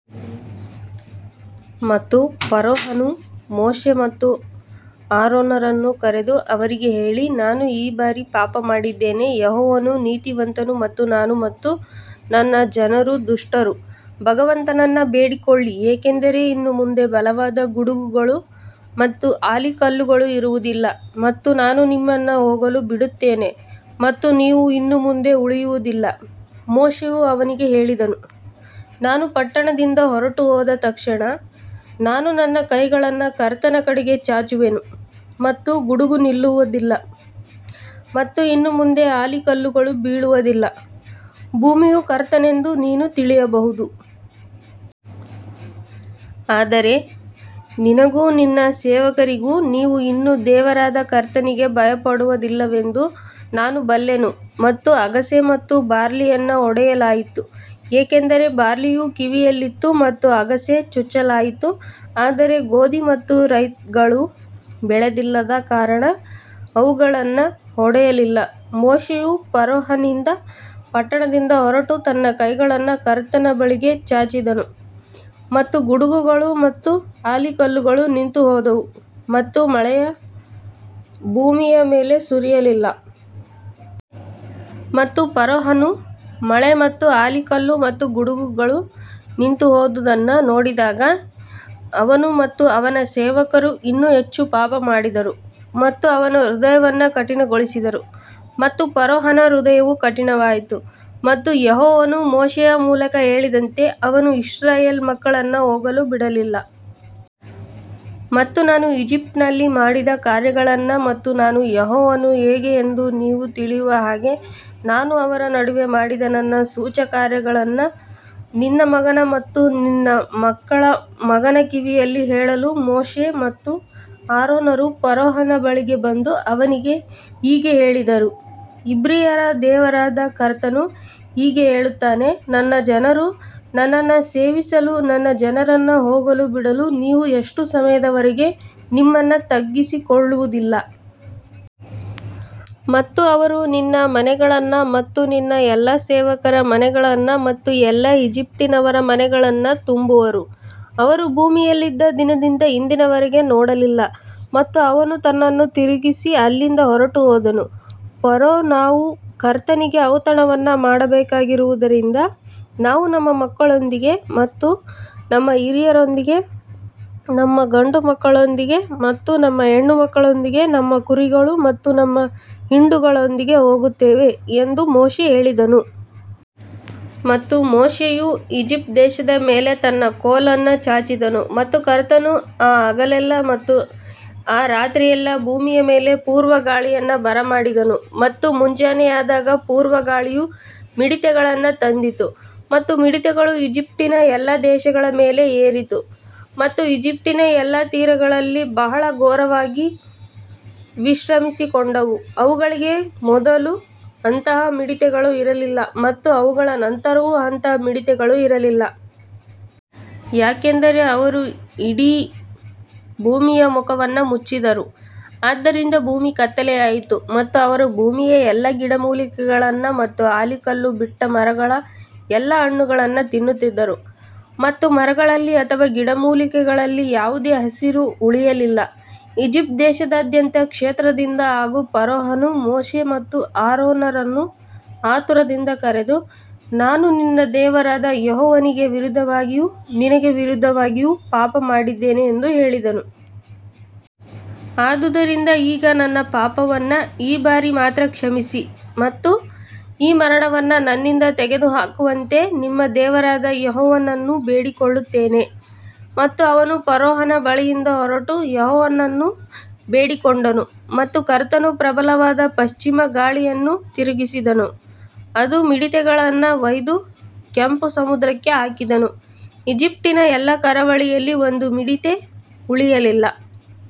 ಮತ್ತು ಫರೋಹನು ಮೋಶೆ ಮತ್ತು ಆರೋನರನ್ನು ಕರೆದು ಅವರಿಗೆ ಹೇಳಿ, ನಾನು ಈ ಬಾರಿ ಪಾಪ ಮಾಡಿದ್ದೇನೆ, ಯೆಹೋವನು ನೀತಿವಂತನು ಮತ್ತು ನಾನು ಮತ್ತು ನನ್ನ ಜನರು ದುಷ್ಟರು. ಭಗವಂತನನ್ನು ಬೇಡಿಕೊಳ್ಳಿ ಏಕೆಂದರೆ ಇನ್ನು ಮುಂದೆ ಬಲವಾದ ಗುಡುಗುಗಳು ಮತ್ತು ಆಲಿಕಲ್ಲುಗಳು ಇರುವುದಿಲ್ಲ ಮತ್ತು ನಾನು ನಿಮ್ಮನ್ನು ಹೋಗಲು ಬಿಡುತ್ತೇನೆ ಮತ್ತು ನೀವು ಇನ್ನು ಮುಂದೆ ಉಳಿಯುವುದಿಲ್ಲ ಮೋಶೆಯು ಅವನಿಗೆ ಹೇಳಿದನು, ನಾನು ಪಟ್ಟಣದಿಂದ ಹೊರಟುಹೋದ ತಕ್ಷಣ ನಾನು ನನ್ನ ಕೈಗಳನ್ನು ಕರ್ತನ ಕಡೆಗೆ ಚಾಚುವೆನು ಮತ್ತು ಗುಡುಗು ನಿಲ್ಲುವದಿಲ್ಲ ಮತ್ತು ಇನ್ನು ಮುಂದೆ ಆಲಿಕಲ್ಲುಗಳು ಬೀಳುವದಿಲ್ಲ ಭೂಮಿಯು ಕರ್ತನೆಂದು ನೀನು ತಿಳಿಯಬಹುದು. ಆದರೆ ನಿನಗೂ ನಿನ್ನ ಸೇವಕರಿಗೂ ನೀವು ಇನ್ನೂ ದೇವರಾದ ಕರ್ತನಿಗೆ ಭಯಪಡುವದಿಲ್ಲವೆಂದು ನಾನು ಬಲ್ಲೆನು ಮತ್ತು ಅಗಸೆ ಮತ್ತು ಬಾರ್ಲಿಯನ್ನು ಹೊಡೆಯಲಾಯಿತು ಏಕೆಂದರೆ ಬಾರ್ಲಿಯು ಕಿವಿಯಲ್ಲಿತ್ತು ಮತ್ತು ಅಗಸೆ ಚುಚ್ಚಲಾಯಿತು ಆದರೆ ಗೋಧಿ ಮತ್ತು ರೈಗಳು ಬೆಳೆದಿಲ್ಲದ ಕಾರಣ ಅವುಗಳನ್ನು ಹೊಡೆಯಲಿಲ್ಲ ಮೋಶೆಯು ಫರೋಹನಿಂದ ಪಟ್ಟಣದಿಂದ ಹೊರಟು ತನ್ನ ಕೈಗಳನ್ನು ಕರ್ತನ ಬಳಿಗೆ ಚಾಚಿದನು ಮತ್ತು ಗುಡುಗುಗಳು ಮತ್ತು ಆಲಿಕಲ್ಲುಗಳು ನಿಂತುಹೋದವು ಮತ್ತು ಮಳೆಯು ಭೂಮಿಯ ಮೇಲೆ ಸುರಿಯಲಿಲ್ಲ. ಮತ್ತು ಫರೋಹನು ಮಳೆ ಮತ್ತು ಆಲಿಕಲ್ಲು ಮತ್ತು ಗುಡುಗುಗಳು ನಿಂತುಹೋದುದನ್ನು ನೋಡಿದಾಗ ಅವನು ಮತ್ತು ಅವನ ಸೇವಕರು ಇನ್ನೂ ಹೆಚ್ಚು ಪಾಪ ಮಾಡಿದರು ಮತ್ತು ಅವನ ಹೃದಯವನ್ನು ಕಠಿಣಗೊಳಿಸಿದರು. ಮತ್ತು ಫರೋಹನ ಹೃದಯವು ಕಠಿಣವಾಯಿತು ಮತ್ತು ಯೆಹೋವನು ಮೋಶೆಯ ಮೂಲಕ ಹೇಳಿದಂತೆ ಅವನು ಇಸ್ರಾಯೇಲ್ ಮಕ್ಕಳನ್ನು ಹೋಗಲು ಬಿಡಲಿಲ್ಲ. ಮತ್ತು ನಾನು ಈಜಿಪ್ಟಿನಲ್ಲಿ ಮಾಡಿದ ಕಾರ್ಯಗಳನ್ನು ಮತ್ತು ನಾನು ಯೆಹೋವನು ಹೇಗೆ ಎಂದು ನೀವು ತಿಳಿಯುವ ಹಾಗೆ ನಾನು ಅವರ ನಡುವೆ ಮಾಡಿದ ನನ್ನ ಸೂಚಕಕಾರ್ಯಗಳನ್ನು ನಿನ್ನ ಮಗನ ಮತ್ತು ನಿನ್ನ ಮಕ್ಕಳ ಮಗನ ಕಿವಿಯಲ್ಲಿ ಹೇಳಲು. ಮೋಶೆ ಮತ್ತು ಆರೋನರು ಫರೋಹನ ಬಳಿಗೆ ಬಂದು ಅವನಿಗೆ ಹೀಗೆ ಹೇಳಿದರು ಇಬ್ರಿಯರ ದೇವರಾದ ಕರ್ತನು ಹೀಗೆ ಹೇಳುತ್ತಾನೆ ನನ್ನ ಜನರು ನನ್ನನ್ನು ಸೇವಿಸಲು ನನ್ನ ಜನರನ್ನು ಹೋಗಲು ಬಿಡಲು ನೀವು ಎಷ್ಟು ಸಮಯದವರೆಗೆ ನಿಮ್ಮನ್ನು ತಗ್ಗಿಸಿಕೊಳ್ಳುವುದಿಲ್ಲ. ಮತ್ತು ಅವರು ನಿನ್ನ ಮನೆಗಳನ್ನು ಮತ್ತು ನಿನ್ನ ಎಲ್ಲಾ ಸೇವಕರ ಮನೆಗಳನ್ನು ಮತ್ತು ಎಲ್ಲಾ ಈಜಿಪ್ಟಿನವರ ಮನೆಗಳನ್ನು ತುಂಬುವರು, ಅವರು ಭೂಮಿಯಲ್ಲಿದ್ದ ದಿನದಿಂದ ಇಂದಿನವರೆಗೆ ನೋಡಲಿಲ್ಲ ಮತ್ತು ಅವನು ತನ್ನನ್ನು ತಿರುಗಿಸಿ ಅಲ್ಲಿಂದ ಹೊರಟುಹೋದನು. ಫರೋ ನಾವು ಕರ್ತನಿಗೆ ಔತಣವನ್ನು ಮಾಡಬೇಕಾಗಿರುವುದರಿಂದ ನಾವು ನಮ್ಮ ಮಕ್ಕಳೊಂದಿಗೆ ಮತ್ತು ನಮ್ಮ ಹಿರಿಯರೊಂದಿಗೆ ನಮ್ಮ ಗಂಡುಮಕ್ಕಳೊಂದಿಗೆ ಮತ್ತು ನಮ್ಮ ಹೆಣ್ಣುಮಕ್ಕಳೊಂದಿಗೆ ನಮ್ಮ ಕುರಿಗಳು ಮತ್ತು ನಮ್ಮ ಹಿಂಡುಗಳೊಂದಿಗೆ ಹೋಗುತ್ತೇವೆ ಎಂದು ಮೋಶೆ ಹೇಳಿದನು. ಮತ್ತು ಮೋಶೆಯು ಈಜಿಪ್ಟ್ ದೇಶದ ಮೇಲೆ ತನ್ನ ಕೋಲನ್ನು ಚಾಚಿದನು ಮತ್ತು ಕರ್ತನು ಆ ಹಗಲೆಲ್ಲಾ ಮತ್ತು ಆ ರಾತ್ರಿಯೆಲ್ಲಾ ಭೂಮಿಯ ಮೇಲೆ ಪೂರ್ವ ಗಾಳಿಯನ್ನು ಬರಮಾಡಿದನು ಮತ್ತು ಮುಂಜಾನೆಯಾದಾಗ ಪೂರ್ವ ಗಾಳಿಯು ಮಿಡತೆಗಳನ್ನು ತಂದಿತು. ಮತ್ತು ಮಿಡತೆಗಳು ಈಜಿಪ್ಟಿನ ಎಲ್ಲಾ ದೇಶಗಳ ಮೇಲೆ ಏರಿತು ಮತ್ತು ಈಜಿಪ್ಟಿನ ಎಲ್ಲಾ ತೀರಗಳಲ್ಲಿ ಬಹಳ ಘೋರವಾಗಿ ವಿಶ್ರಮಿಸಿಕೊಂಡವು, ಅವುಗಳಿಗೆ ಮೊದಲು ಅಂತಹ ಮಿಡತೆಗಳು ಇರಲಿಲ್ಲ ಮತ್ತು ಅವುಗಳ ನಂತರವೂ ಅಂತಹ ಮಿಡತೆಗಳು ಇರಲಿಲ್ಲ. ಯಾಕಂದರೆ ಅವರು ಇಡೀ ಭೂಮಿಯ ಮುಖವನ್ನು ಮುಚ್ಚಿದರು ಆದ್ದರಿಂದ ಭೂಮಿ ಕತ್ತಲೆಯಾಯಿತು ಮತ್ತು ಅವರು ಭೂಮಿಯ ಎಲ್ಲಾ ಗಿಡಮೂಲಿಕೆಗಳನ್ನು ಮತ್ತು ಆಲಿಕಲ್ಲು ಬಿಟ್ಟ ಮರಗಳ ಎಲ್ಲಾ ಹಣ್ಣುಗಳನ್ನು ತಿನ್ನುತ್ತಿದ್ದರು ಮತ್ತು ಮರಗಳಲ್ಲಿ ಅಥವಾ ಗಿಡಮೂಲಿಕೆಗಳಲ್ಲಿ ಯಾವುದೇ ಹಸಿರು ಉಳಿಯಲಿಲ್ಲ. ಈಜಿಪ್ಟ್ ದೇಶದಾದ್ಯಂತ ಕ್ಷೇತ್ರದಿಂದ ಆಗ ಫರೋಹನು ಮೋಶೆ ಮತ್ತು ಆರೋನರನ್ನು ಆತುರದಿಂದ ಕರೆದು ನಾನು ನಿನ್ನ ದೇವರಾದ ಯೆಹೋವನಿಗೆ ವಿರುದ್ಧವಾಗಿಯೂ ನಿನಗೆ ವಿರುದ್ಧವಾಗಿಯೂ ಪಾಪಮಾಡಿದ್ದೇನೆ ಎಂದು ಹೇಳಿದನು. ಆದುದರಿಂದ ಈಗ ನನ್ನ ಪಾಪವನ್ನು ಈ ಬಾರಿ ಮಾತ್ರ ಕ್ಷಮಿಸಿ ಮತ್ತು ಈ ಮರಣವನ್ನು ನನ್ನಿಂದ ತೆಗೆದುಹಾಕುವಂತೆ ನಿಮ್ಮ ದೇವರಾದ ಯೆಹೋವನನ್ನು ಬೇಡಿಕೊಳ್ಳುತ್ತೇನೆ. ಮತ್ತು ಅವನು ಫರೋಹನ ಬಳಿಯಿಂದ ಹೊರಟು ಯೆಹೋವನನ್ನು ಬೇಡಿಕೊಂಡನು ಮತ್ತು ಕರ್ತನು ಪ್ರಬಲವಾದ ಪಶ್ಚಿಮ ಗಾಳಿಯನ್ನು ತಿರುಗಿಸಿದನು, ಅದು ಮಿಡತೆಗಳನ್ನು ಒಯ್ದು ಕೆಂಪು ಸಮುದ್ರಕ್ಕೆ ಹಾಕಿದನು, ಈಜಿಪ್ಟಿನ ಎಲ್ಲಾ ಕರಾವಳಿಯಲ್ಲಿ ಒಂದು ಮಿಡತೆ ಉಳಿಯಲಿಲ್ಲ.